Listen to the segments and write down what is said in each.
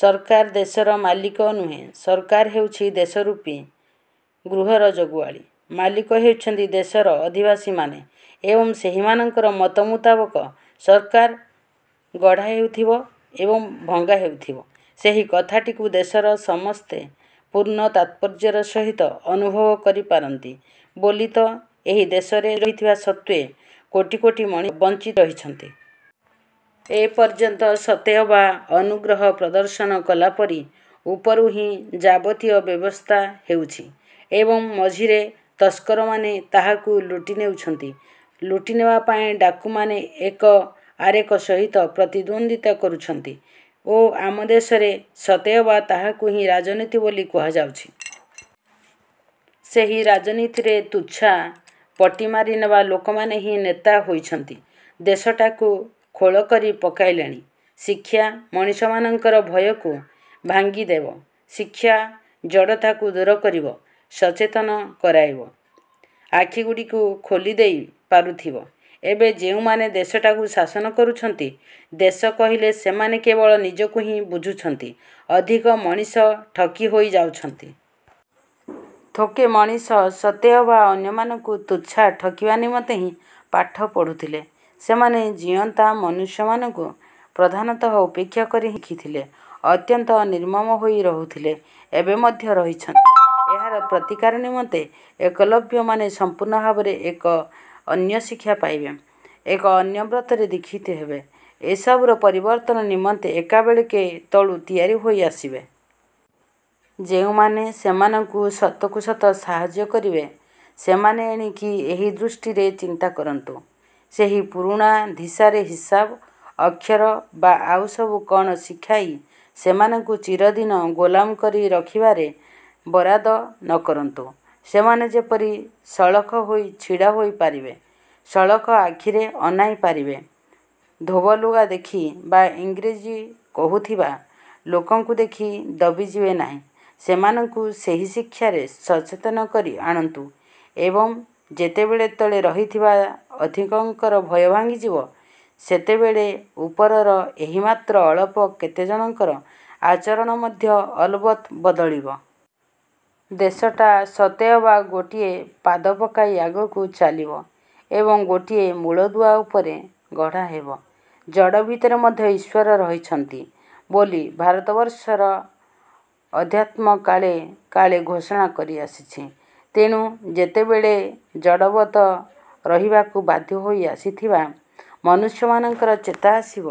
ସରକାର ଦେଶର ମାଲିକ ନୁହେଁ, ସରକାର ହେଉଛି ଦେଶରୂପୀ ଗୃହର ଜଗୁଆଳୀ, ମାଲିକ ହେଉଛନ୍ତି ଦେଶର ଅଧିବାସୀମାନେ ଏବଂ ସେହିମାନଙ୍କର ମତ ମୁତାବକ ସରକାର ଗଢ଼ା ହେଉଥିବ ଏବଂ ଭଙ୍ଗା ହେଉଥିବ। ସେହି କଥାଟିକୁ ଦେଶର ସମସ୍ତେ ପୂର୍ଣ୍ଣ ତାତ୍ପର୍ଯ୍ୟର ସହିତ ଅନୁଭବ କରିନାହାନ୍ତି ବୋଲି ତ ଏହି ଦେଶରେ ସମ୍ପଦ ପୂରି ରହିଥିବା ସତ୍ତ୍ୱେ କୋଟି କୋଟି ମଣିଷ ବଞ୍ଚିତ ହୋଇ ରହିଛନ୍ତି। ଏପର୍ଯ୍ୟନ୍ତ ସତେଅବା ଅନୁଗ୍ରହ ପ୍ରଦର୍ଶନ କଲାପରି ଉପରୁ ହିଁ ଯାବତୀୟ ବ୍ୟବସ୍ଥା ହେଉଛି ଏବଂ ମଝିରେ ତସ୍କରମାନେ ତାହାକୁ ଲୁଟି ନେଉଛନ୍ତି। ଲୁଟିନେବା ପାଇଁ ଡାକୁମାନେ ଏକ ଆରେକ ସହିତ ପ୍ରତିଦ୍ୱନ୍ଦିତା କରୁଛନ୍ତି ଓ ଆମ ଦେଶରେ ସତେଅବା ତାହାକୁ ହିଁ ରାଜନୀତି ବୋଲି କୁହାଯାଉଛି। ସେହି ରାଜନୀତିରେ ତୁଚ୍ଛା ପଟି ମାରିନେବା ଲୋକମାନେ ହିଁ ନେତା ହୋଇଛନ୍ତି। ଦେଶଟାକୁ ଖୋଳି କରି ପକାଇଲେଣି। ଶିକ୍ଷା ମଣିଷମାନଙ୍କର ଭୟକୁ ଭାଙ୍ଗିଦେବ, ଶିକ୍ଷା ଜଡ଼ତାକୁ ଦୂର କରିବ, ସତେତନ କରାଇବ, ଆଖିଗୁଡ଼ିକୁ ଖୋଲିଦେଇ ପାରୁଥିବ। ଏବେ ଯେଉଁମାନେ ଦେଶଟାକୁ ଶାସନ କରୁଛନ୍ତି, ଦେଶ କହିଲେ ସେମାନେ କେବଳ ନିଜକୁ ହିଁ ବୁଝୁଛନ୍ତି, ଅଧିକ ମଣିଷ ଠକି ହୋଇ ଯାଉଛନ୍ତି। ଥୋକେ ମଣିଷ ସତେଅବା ଅନ୍ୟମାନଙ୍କୁ ତୁଚ୍ଛା ଠକିବା ନିମନ୍ତେ ହିଁ ପାଠ ପଢୁଥିଲେ। ସେମାନେ ଜୀଅନ୍ତା ମନୁଷ୍ୟମାନଙ୍କୁ ପ୍ରଧାନତଃ ଉପେକ୍ଷା କରି ହିଁ ଶିଖିଥିଲେ। ଅତ୍ୟନ୍ତ ନିର୍ମମ ହୋଇ ରହୁଥଲେ, ଏବେ ମଧ୍ୟ ରହିଛନ୍ତି। ଏହାର ପ୍ରତିକାର ନିମନ୍ତେ ଏକଲବ୍ୟମାନେ ସମ୍ପୂର୍ଣ୍ଣ ଭାବରେ ଏକ ଅନ୍ୟ ଶିକ୍ଷା ପାଇବେ, ଏକ ଅନ୍ୟ ବ୍ରତରେ ଦୀକ୍ଷିତ ହେବେ, ଏସବୁର ପରିବର୍ତ୍ତନ ନିମନ୍ତେ ଏକାବେଳେକେ ତଳୁ ତିଆରି ହୋଇ ଆସିବେ। ଯେଉଁମାନେ ସେମାନଙ୍କୁ ସତକୁ ସତ ସାହାଯ୍ୟ କରିବେ, ସେମାନେ ଏଣିକି ଏହି ଦୃଷ୍ଟିରେ ଚିନ୍ତା କରନ୍ତୁ। ସେଇ ପୁରୁଣା ଧିସାରେ ହିସାବ, ଅକ୍ଷର ବା ଆଉସବୁ କଣ ଶିଖାଇ ସେମାନଙ୍କୁ ଚିରଦିନ ଗୋଲାମ କରି ରଖିବାରେ ବରାଦ ନକରନ୍ତୁ। ସେମାନେ ଯେପରି ସଳଖ ହୋଇ ଛିଡ଼ା ହୋଇ ପାରିବେ, ସଳଖ ଆଖିରେ ଅନାଇ ପାରିବେ, ଧୋବ ଲୁଗା ଦେଖି ବା ଇଂରାଜୀ କହୁଥିବା ଲୋକଙ୍କୁ ଦେଖି ଦବିଯିବେ ନାହିଁ, ସେମାନଙ୍କୁ ସେହି ଶିକ୍ଷାରେ ସଚେତନ କରି ଆଣନ୍ତୁ ଏବଂ ଯେତେବେଳେ ତଳେ ରହିଥିବା ଅଧିକଙ୍କର ଭୟ ଭାଙ୍ଗିଯିବ, ସେତେବେଳେ ଉପରର ଏହି ମାତ୍ର ଅଳପ କେତେଜଣଙ୍କର ଆଚରଣ ମଧ୍ୟ ଅଲବତ ବଦଳିବ। ଦେଶଟା ସତେଅବା ଗୋଟିଏ ପାଦ ପକାଇ ଆଗକୁ ଚାଲିବ ଏବଂ ଗୋଟିଏ ମୂଳଦୁଆ ଉପରେ ଗଢ଼ାହେବ। ଜଡ଼ ଭିତରେ ମଧ୍ୟ ଈଶ୍ୱର ରହିଛନ୍ତି ବୋଲି ଭାରତବର୍ଷର ଅଧ୍ୟାତ୍ମ କାଳେ କାଳେ ଘୋଷଣା କରିଆସିଛି। ତେଣୁ ଯେତେବେଳେ ଜଡ଼ବତ୍ ରହିବାକୁ ବାଧ୍ୟ ହୋଇ ଆସିଥିବା ମନୁଷ୍ୟମାନଙ୍କର ଚେତା ଆସିବ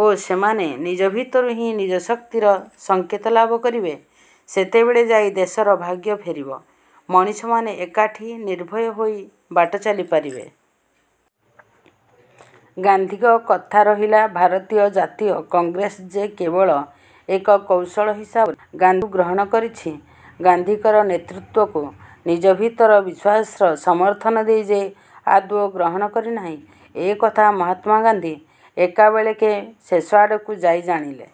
ଓ ସେମାନେ ନିଜ ଭିତରୁ ହିଁ ନିଜ ଶକ୍ତିର ସଙ୍କେତ ଲାଭ କରିବେ, ସେତେବେଳେ ଯାଇ ଦେଶର ଭାଗ୍ୟ ଫେରିବ, ମଣିଷମାନେ ଏକାଠି ନିର୍ଭୟ ହୋଇ ବାଟ ଚାଲିପାରିବେ। ଗାନ୍ଧୀଙ୍କ କଥା ରହିଲା ଭାରତୀୟ ଜାତୀୟ କଂଗ୍ରେସ ଯେ କେବଳ ଏକ କୌଶଳ ହିସାବରେ ଗାନ୍ଧୀଙ୍କୁ ଗ୍ରହଣ କରିଛି, ଗାନ୍ଧୀଙ୍କର ନେତୃତ୍ୱକୁ ନିଜ ଭିତର ବିଶ୍ୱାସର ସମର୍ଥନ ଦେଇ ଯେ ଆଦୌ ଗ୍ରହଣ କରିନାହିଁ, ଏକଥା ମହାତ୍ମା ଗାନ୍ଧୀ ଏକାବେଳେକେ ଶେଷ ଆଡ଼କୁ ଯାଇ ଜାଣିଲେ।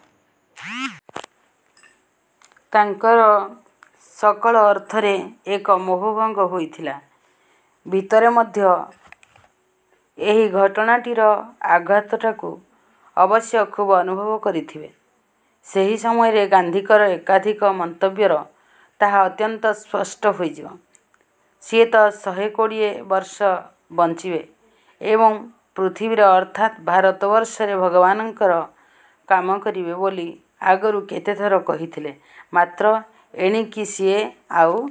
ତାଙ୍କର ସକଳ ଅର୍ଥରେ ଏକ ମୋହଭଙ୍ଗ ହୋଇଥିଲା। ଭିତରେ ମଧ୍ୟ ସିଏ ଏହି ଘଟଣାଟିର ଆଘାତଟାକୁ ଅବଶ୍ୟ ଖୁବ୍ ଅନୁଭବ କରିଥିବେ। ସେହି ସମୟରେ ଗାନ୍ଧୀଙ୍କର ଏକାଧିକ ମନ୍ତବ୍ୟର ତାହା ଅତ୍ୟନ୍ତ ସ୍ପଷ୍ଟ ହୋଇଯିବ। ସିଏତ ଶହେ କୋଡ଼ିଏ ବର୍ଷ ବଞ୍ଚିବେ ଏବଂ ପୃଥିବୀରେ ଅର୍ଥାତ୍ ଭାରତବର୍ଷରେ ଭଗବାନଙ୍କର କାମ କରିବେ ବୋଲି ଆଗରୁ କେତେଥର କହିଥିଲେ। ମାତ୍ର ଏଣିକି ସିଏ ଆଉ